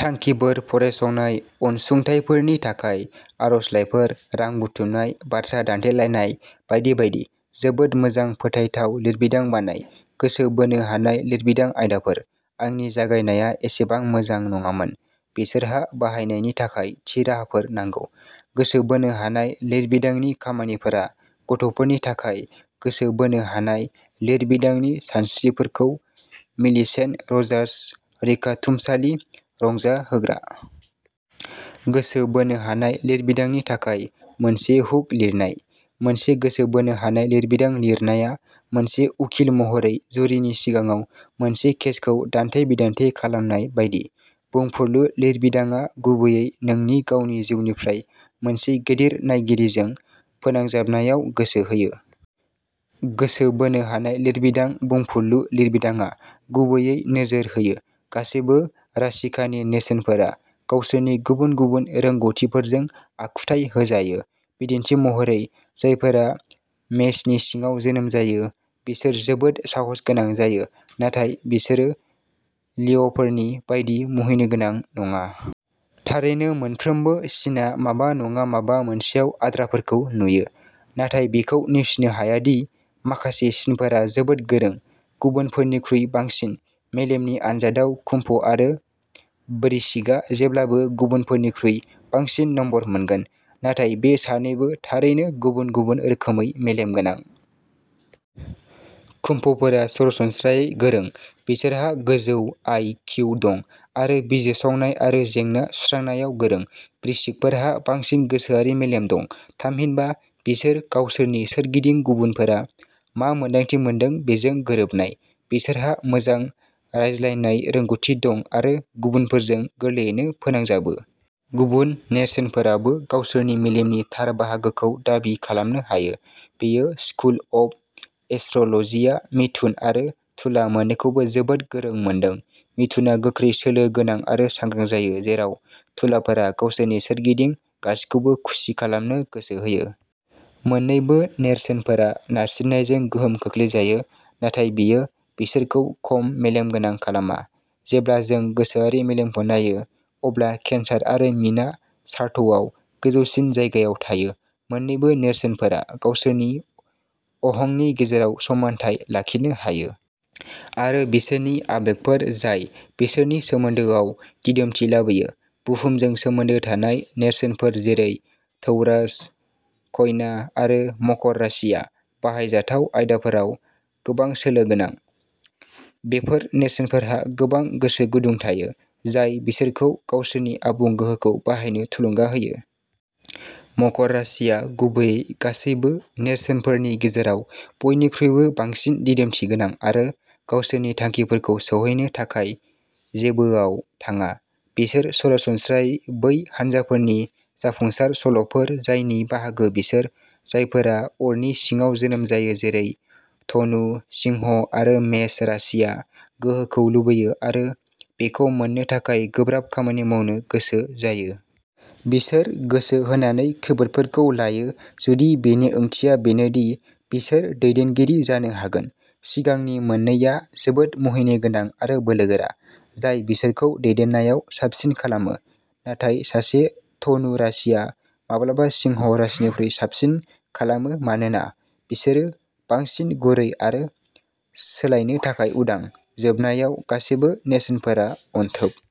थांखिफोर फरायसंनाय अनसुंथाइफोरनि थाखाय आर'जलाइफोर, रां बुथुमनाय, बाथ्रा दान्थेलायनाय बायदि बायदि। जोबोद मोजां फोथायथाव लिरबिदां बानाय। गोसो बोनो हानाय लिरबिदां आयदाफोर। आंनि जागायनाया एसेबां मोजां नङामोन। बिसोरहा बाहायनायनि थाखाय थि राहाफोर नांगौ। गोसो बोनो हानाय लिरबिदांनि खामानिफोरा गथ'फोरनि थाखाय गोसो बोनो हानाय लिरबिदांनि सानस्रिफोरखौ मिलिसेन्ट रजार्स रैखाथुमसालि रंजाहोग्रा। गोसो बोनो हानाय लिरबिदांनि थाखाय मोनसे हुक लिरनाय। मोनसे गोसो बोनो हानाय लिरबिदां लिरनाया मोनसे उखिल महरै जुरिनि सिगाङाव मोनसे केसखौ दान्थे-बिदान्थे खालामनाय बायदि। बुंफुरलु लिरबिदांआ गुबैयै नोंनि गावनि जिउनिफ्राय मोनसे गिदिर नायगिरिजों फोनांजाबनायाव गोसो होयो। गोसो बोनो हानाय लिरबिदां बुंफुरलु लिरबिदांआ गुबैयै नोजोर होयो। गासैबो राशिकानि नेरसोनफोरा गावसोरनि गुबुन-गुबुन रोंग'थिफोरजों आखुथाइ होजायो। बिदिन्थि महरै जायफोरा मेषनि सिङाव जोनोम जायो बिसोर जोबोद साहसगोनां जायो नाथाय बिसोरो लिअ'फोरनि बायदि मुहिनिगोनां नङा। थारैनो मोनफ्रोमबो सिनआ माबा नङा माबा मोनसेयाव आद्राफोरखौ नुयो। नाथाय बेखौ नेवसिनो हाया दि माखासे सिनफोरा जोबोद गोरों। गुबुनफोरनिख्रुइ बांसिन। मेलेमनि आन्जादआव कुम्भ आरो वृश्रिकआ जेब्लाबो गुबुनफोरनिख्रुइ बांसिन नम्बर मोनगोन। नाथाय बे सानैबो थारैनो गुबुन गुबुन रोखोमै मेलेम गोनां। कुम्भ'फोरा सरासनस्रायै गोरों। बिसोरहा गोजौ आइ. किउ. दं आरो बिजिरसंनाय आरो जेंना सुस्रांनायाव गोरों। वृश्रिकफोरहा बांसिन गोसोआरि मेलेम दं थामहिनबा बिसोर गावसोरनि सोरगिदिं गुबुनफोरा मा मोन्दांथि मोनदों बेजों गोरोबनाय। बिसोरहा मोजां रायज्लायनाय रोंग'थि दं आरो गुबुनफोरजों गोरलैयैनो फोनांजाबो। गुबुन नेरसोनफोराबो गावसोरनि मेलेमनि थार बाहागोखौ दाबि खालामनो हायो। बेयो स्कुल अफ एस्ट्र'ल'जिआ मिथुन आरो तुला मोननैखौबो जोबोद गोरों मोनदों। मिथुनआ गोख्रै सोलो गोनां आरो सांग्रां जायो जेराव तुलाफोरा गावसोरनि सोरगिदिं गासिबोखौ खुसि खालामनो गोसो होयो। मोननैबो नेरसोनफोरा नारसिननायजों गोहोम खोख्लैजायो नाथाय बेयो बिसोरखौ खम मेलेम गोनां खालामा। जेब्ला जों गोसोआरि मेलेमखौ नायो अब्ला केन्सार आरो मीनआ सार्टआव गोजौसिन जायगायाव थायो। मोननैबो नेरसोनफोरा गावसोरनि अहंनि गेजेराव समानथाय लाखिनो हायो। आरो बिसोरनि आबेगफोर जाय बिसोरनि सोमोन्दोआव दिदोमथि लाबोयो। बुहुमजों सोमोन्दो थानाय नेरसोनफोर जेरै टौरास, कन्या आरो मकर राशिया बाहायजाथाव आयदाफोराव गोबां सोलो गोनां। बेफोर नेरसोनफोरहा गोबां गोसो गुदुं थायो जाय बिसोरखौ गावसोरनि आबुं गोहोखौ बाहायनो थुलुंगा होयो। मकर राशिया गुबैयै गासैबो नेरसोनफोरनि गेजेराव बयनिख्रुइबो बांसिन दिदोमथि गोनां आरो गावसोरनि थांखिफोरखौ सौहैनो थाखाय जेबोआव थाङा। बिसोरो सरासनस्रायै बै हानजाफोरनि जाफुंसार सल'फोर जायनि बाहागो बिसोर, जायफोरा अरनि सिङाव जोनोम जायो जेरै धनु, सिंह आरो मेष राशिया गोहोखौ लुबैयो आरो बेखौ मोननो थाखाय गोब्राब खामानि मावनो गोसो जायो। बिसोर गोसो होनानै खैफोदफोरखौ लायो जुदि बेनि ओंथिया बेनो दि बिसोर दैदेनगिरि जानो हागोन। सिगांनि मोननैआ जोबोद मुहिनिगोनां आरो बोलोगोरा, जाय बिसोरखौ दैदेननायाव साबसिन खालामो। नाथाय सासे धनु राशिया माब्लाबा सिंह राशिनिख्रुइ साबसिन खालामो मानोना बिसोरो बांसिन गुरै आरो सोलायनो थाखाय उदां। जोबनायाव, गासैबो नेरसोनफोरा अनथोब।